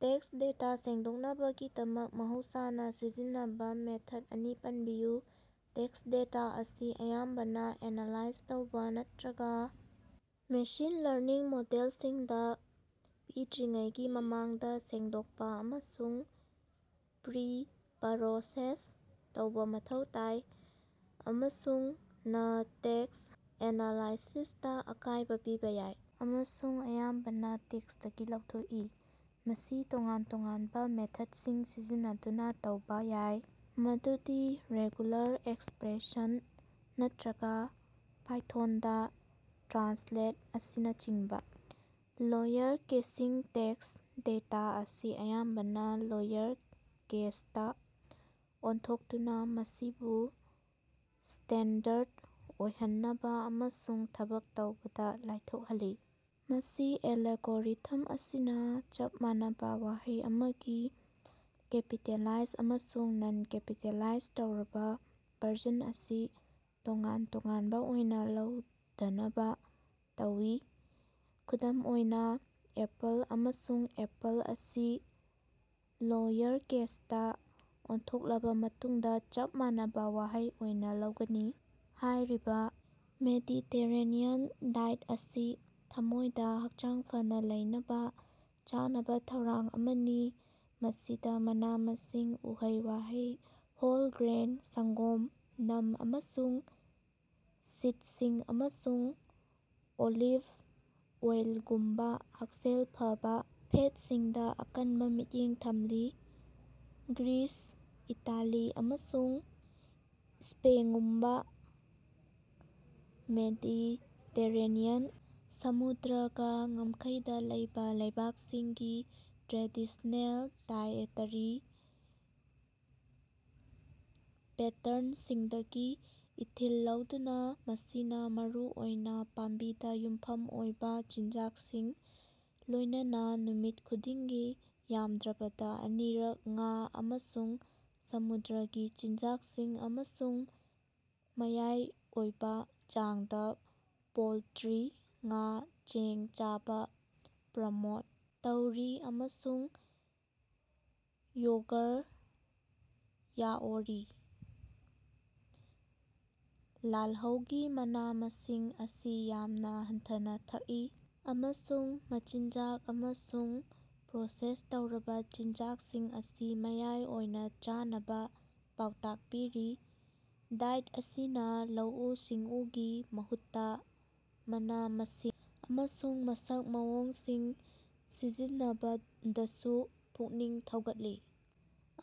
Tax data ꯁꯦꯡꯗꯣꯛꯅꯕꯒꯤꯗꯃꯛ ꯃꯍꯧꯁꯥꯅ ꯁꯤꯖꯤꯟꯅꯕ ꯃꯦꯊꯗ ꯑꯅꯤ ꯄꯟꯕꯤꯌꯨ꯫ ꯇꯦꯛꯁ ꯗꯦꯇꯥ ꯑꯁꯤ ꯑꯌꯥꯝꯕꯅ ꯑꯦꯅꯥꯂꯥꯏꯖ ꯇꯧꯕ ꯅꯠꯇꯔ꯭ꯒꯥ ꯃꯦꯁꯤꯟ ꯂꯔꯅꯤꯡ ꯃꯣꯗꯦꯜꯁꯤꯡꯗ ꯄꯤꯗ꯭ꯔꯤꯉꯩꯒꯤ ꯃꯃꯥꯡꯗ ꯁꯦꯡꯗꯣꯛꯄ ꯑꯃꯁꯨꯡ ꯄ꯭ꯔꯤꯄꯔꯣꯁꯦꯁ ꯇꯧꯕ ꯃꯊꯧ ꯇꯥꯏ꯫ ꯑꯃꯁꯨꯡ ꯅ ꯇꯦꯛꯁ ꯑꯦꯅꯥꯂꯥꯏꯁꯤꯁꯇꯥ ꯑꯀꯥꯏꯕ ꯄꯤꯕ ꯌꯥꯏ ꯑꯃꯁꯨꯡ ꯑꯌꯥꯝꯕꯅ ꯇꯦꯛꯁꯇꯒꯤ ꯂꯧꯊꯣꯛꯏ꯫ ꯃꯁꯤ ꯇꯣꯉꯥꯟ ꯇꯣꯉꯥꯟꯕ ꯃꯦꯊꯗꯁꯤꯡ ꯁꯤꯖꯤꯟꯅꯗꯨꯅ ꯇꯧꯕ ꯌꯥꯏ, ꯃꯗꯨꯗꯤ ꯔꯦꯒꯨꯂꯥꯔ ꯑꯦꯛꯁꯄꯔ꯭ꯦꯁꯟ ꯅꯠꯇꯔꯒꯥ ꯄꯥꯏꯊꯣꯟꯗ ꯇ꯭ꯔꯥꯟꯁꯂꯦꯠ ꯑꯁꯤꯅꯆꯤꯡꯕ꯫ ꯂꯣꯌꯔꯀꯦꯁꯤꯡ ꯇꯦꯛꯁ ꯗꯦꯇꯥ ꯑꯁꯤ ꯑꯌꯥꯝꯕꯅ ꯂꯣꯌꯔ ꯀꯦꯁꯇ ꯑꯣꯟꯊꯣꯛꯇꯨꯅ ꯃꯁꯤꯕꯨ ꯁ꯭ꯇꯦꯟꯗꯔꯗ ꯑꯣꯏꯍꯟꯅꯕ ꯑꯃꯁꯨꯡ ꯊꯕꯛ ꯇꯧꯕꯗ ꯂꯥꯏꯊꯣꯛꯍꯜꯂꯤ꯫ ꯃꯁꯤ ꯑꯦꯂꯒꯣꯔꯤꯊꯝ ꯑꯁꯤꯅ ꯆꯞ ꯃꯥꯟꯅꯕ ꯋꯥꯍꯩ ꯑꯃꯒꯤ ꯀꯦꯄꯤꯇꯦꯂꯥꯏꯖ ꯑꯃꯁꯨꯡ ꯅꯟ-ꯀꯦꯄꯤꯇꯦꯂꯥꯏꯖ ꯇꯧꯔꯕ ꯚꯔꯖꯟ ꯑꯁꯤ ꯇꯣꯉꯥꯟ ꯇꯣꯉꯥꯟꯕ ꯑꯣꯏꯅ ꯂꯧꯗꯅꯕ ꯇꯧꯏ, ꯈꯨꯗꯝ ꯑꯣꯏꯅ, 'ꯑꯦꯄꯜ' ꯑꯃꯁꯨꯡ 'ꯑꯦꯄꯜ' ꯑꯁꯤ ꯂꯣꯌꯔꯀꯦꯁꯇꯥ ꯑꯣꯟꯊꯣꯛꯂꯕ ꯃꯇꯨꯡꯗ ꯆꯞ ꯃꯥꯟꯅꯕ ꯋꯥꯍꯩ ꯑꯣꯏꯅ ꯂꯧꯒꯅꯤ꯫ ꯍꯥꯏꯔꯤꯕ ꯃꯦꯗꯤꯇꯦꯔꯦꯅꯤꯌꯟ ꯗꯥꯏꯠ ꯑꯁꯤ ꯊꯝꯃꯣꯏꯗ ꯍꯛꯆꯥꯡ ꯐꯅ ꯂꯩꯅꯕ ꯆꯥꯅꯕ ꯊꯧꯔꯥꯡ ꯑꯃꯅꯤ, ꯃꯁꯤꯗ ꯃꯅꯥ-ꯃꯁꯤꯡ, ꯎꯍꯩ-ꯋꯥꯍꯩ, ꯍꯣꯜ ꯒ꯭ꯔꯦꯟ, ꯁꯪꯒꯣꯝ, ꯅꯝ ꯑꯃꯁꯨꯡ ꯁꯤꯗꯁꯤꯡ, ꯑꯃꯁꯨꯡ ꯑꯣꯂꯤꯚ ꯑꯣꯏꯜꯒꯨꯝꯕ ꯍꯛꯁꯦꯜ ꯐꯕ ꯐꯦꯠꯁꯤꯡꯗ ꯑꯀꯟꯕ ꯃꯤꯠꯌꯦꯡ ꯊꯝꯂꯤ꯫ ꯒ꯭ꯔꯤꯁ, ꯏꯇꯥꯂꯤ, ꯑꯃꯁꯨꯡ ꯏꯁ꯭ꯄꯦꯉꯨꯝꯕꯥ ꯃꯦꯗꯤꯇꯦꯔꯦꯅꯤꯌꯟ ꯁꯃꯨꯗ꯭ꯔꯒꯥ ꯉꯝꯈꯩꯗ ꯂꯩꯕ ꯂꯩꯕꯥꯛꯁꯤꯡꯒꯤ ꯇ꯭ꯔꯦꯗꯤꯁ꯭ꯅꯦꯜ ꯗꯥꯏꯑꯦꯇꯦꯔꯤ ꯄꯦꯇꯔꯟꯁꯤꯡꯗꯒꯤ ꯏꯊꯤꯜ ꯂꯧꯗꯨꯅ ꯃꯁꯤꯅ ꯃꯔꯨꯑꯣꯏꯅ ꯄꯥꯝꯕꯤꯗ ꯌꯨꯝꯐꯝ ꯑꯣꯏꯕ ꯆꯤꯟꯖꯥꯛꯁꯤꯡ, ꯂꯣꯏꯅꯅ ꯅꯨꯃꯤꯠ ꯈꯨꯗꯤꯡꯒꯤ ꯌꯥꯝꯗ꯭ꯔꯕꯗ ꯑꯅꯤꯔꯛ ꯉꯥ ꯑꯃꯁꯨꯡ ꯁꯃꯨꯗ꯭ꯔꯒꯤ ꯆꯤꯟꯖꯥꯛꯁꯤꯡ, ꯑꯃꯁꯨꯡ ꯃꯌꯥꯏ ꯑꯣꯏꯕ ꯆꯥꯡꯗ ꯄꯣꯜꯇꯔ꯭ꯤ, ꯉꯥ, ꯆꯦꯡ ꯆꯥꯕ ꯄ꯭ꯔꯃꯣꯠ ꯇꯧꯔꯤ꯫ ꯑꯃꯁꯨꯡ ꯌꯣꯒꯔ ꯌꯥꯑꯣꯔꯤ꯫ ꯂꯥꯜꯍꯧꯒꯤ ꯃꯅꯥ-ꯃꯁꯤꯡ ꯑꯁꯤ ꯌꯥꯝꯅ ꯍꯟꯊꯅ ꯊꯛꯏ, ꯑꯃꯁꯨꯡ ꯃꯆꯤꯟꯖꯥꯛ ꯑꯃꯁꯨꯡ ꯄ꯭ꯔꯣꯁꯦꯁ ꯇꯧꯔꯕ ꯆꯤꯟꯖꯥꯛꯁꯤꯡ ꯑꯁꯤ ꯃꯌꯥꯏ ꯑꯣꯏꯅ ꯆꯥꯅꯕ ꯄꯥꯎꯇꯥꯛ ꯄꯤꯔꯤ꯫ ꯗꯥꯏꯠ ꯑꯁꯤꯅ ꯂꯧꯎ-ꯁꯤꯡꯎꯒꯤ ꯃꯍꯨꯠꯇ ꯃꯅ-ꯃꯁꯤꯡ ꯑꯃꯁꯨꯡ ꯃꯁꯛ ꯃꯑꯣꯡꯁꯤꯡ ꯁꯤꯖꯤꯟꯅꯕꯗꯁꯨ ꯄꯨꯛꯅꯤꯡ ꯊꯧꯒꯠꯂꯤ,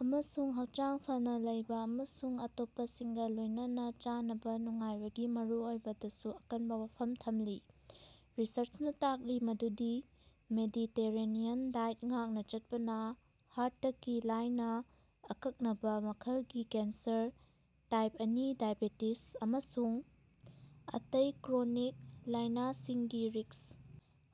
ꯑꯃꯁꯨꯡ ꯍꯛꯆꯥꯡ ꯐꯅ ꯂꯩꯕ ꯑꯃꯁꯨꯡ ꯑꯇꯣꯞꯄꯁꯤꯡꯒꯥ ꯂꯣꯏꯅꯅ ꯆꯥꯅꯕ ꯅꯨꯡꯉꯥꯏꯕꯒꯤ ꯃꯔꯨꯑꯣꯏꯕꯗꯁꯨ ꯑꯀꯟꯕ ꯋꯥꯐꯝ ꯊꯝꯂꯤ꯫ ꯔꯤꯁꯔꯆꯅ ꯇꯥꯛꯂꯤ ꯃꯗꯨꯗꯤ ꯃꯦꯗꯤꯇꯦꯔꯦꯅꯤꯌꯟ ꯗꯥꯏꯠ ꯉꯥꯛꯅ ꯆꯠꯄꯅ ꯍꯥꯔꯇꯀꯤ ꯂꯥꯏꯅ, ꯑꯀꯛꯅꯕ ꯃꯈꯜꯒꯤ ꯀꯦꯟꯁꯔ, ꯇꯥꯏꯞ ꯑꯅꯤ ꯗꯥꯏꯕꯦꯇꯤꯁ ꯑꯃꯁꯨꯡ ꯑꯇꯩ ꯀ꯭ꯔꯣꯅꯤꯛ ꯂꯥꯏꯅꯁꯤꯡꯒꯤ ꯔꯤꯛꯁ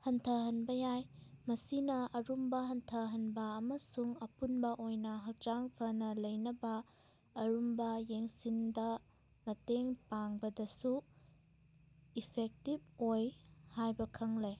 ꯍꯟꯊꯍꯟꯕ ꯌꯥꯏ꯫ ꯃꯁꯤꯅ ꯑꯔꯨꯝꯕ ꯍꯟꯊꯍꯟꯕ ꯑꯃꯁꯨꯡ ꯑꯄꯨꯟꯕ ꯑꯣꯏꯅ ꯍꯛꯆꯥꯡ ꯐꯅꯥ ꯂꯩꯅꯕ ꯑꯔꯨꯝꯕ ꯌꯦꯡꯁꯤꯟꯗ ꯃꯇꯦꯡ ꯄꯥꯡꯕꯗꯁꯨ ꯏꯐꯦꯛꯇꯤꯕ ꯑꯣꯏ ꯍꯥꯏꯕ ꯈꯪꯂꯦ꯫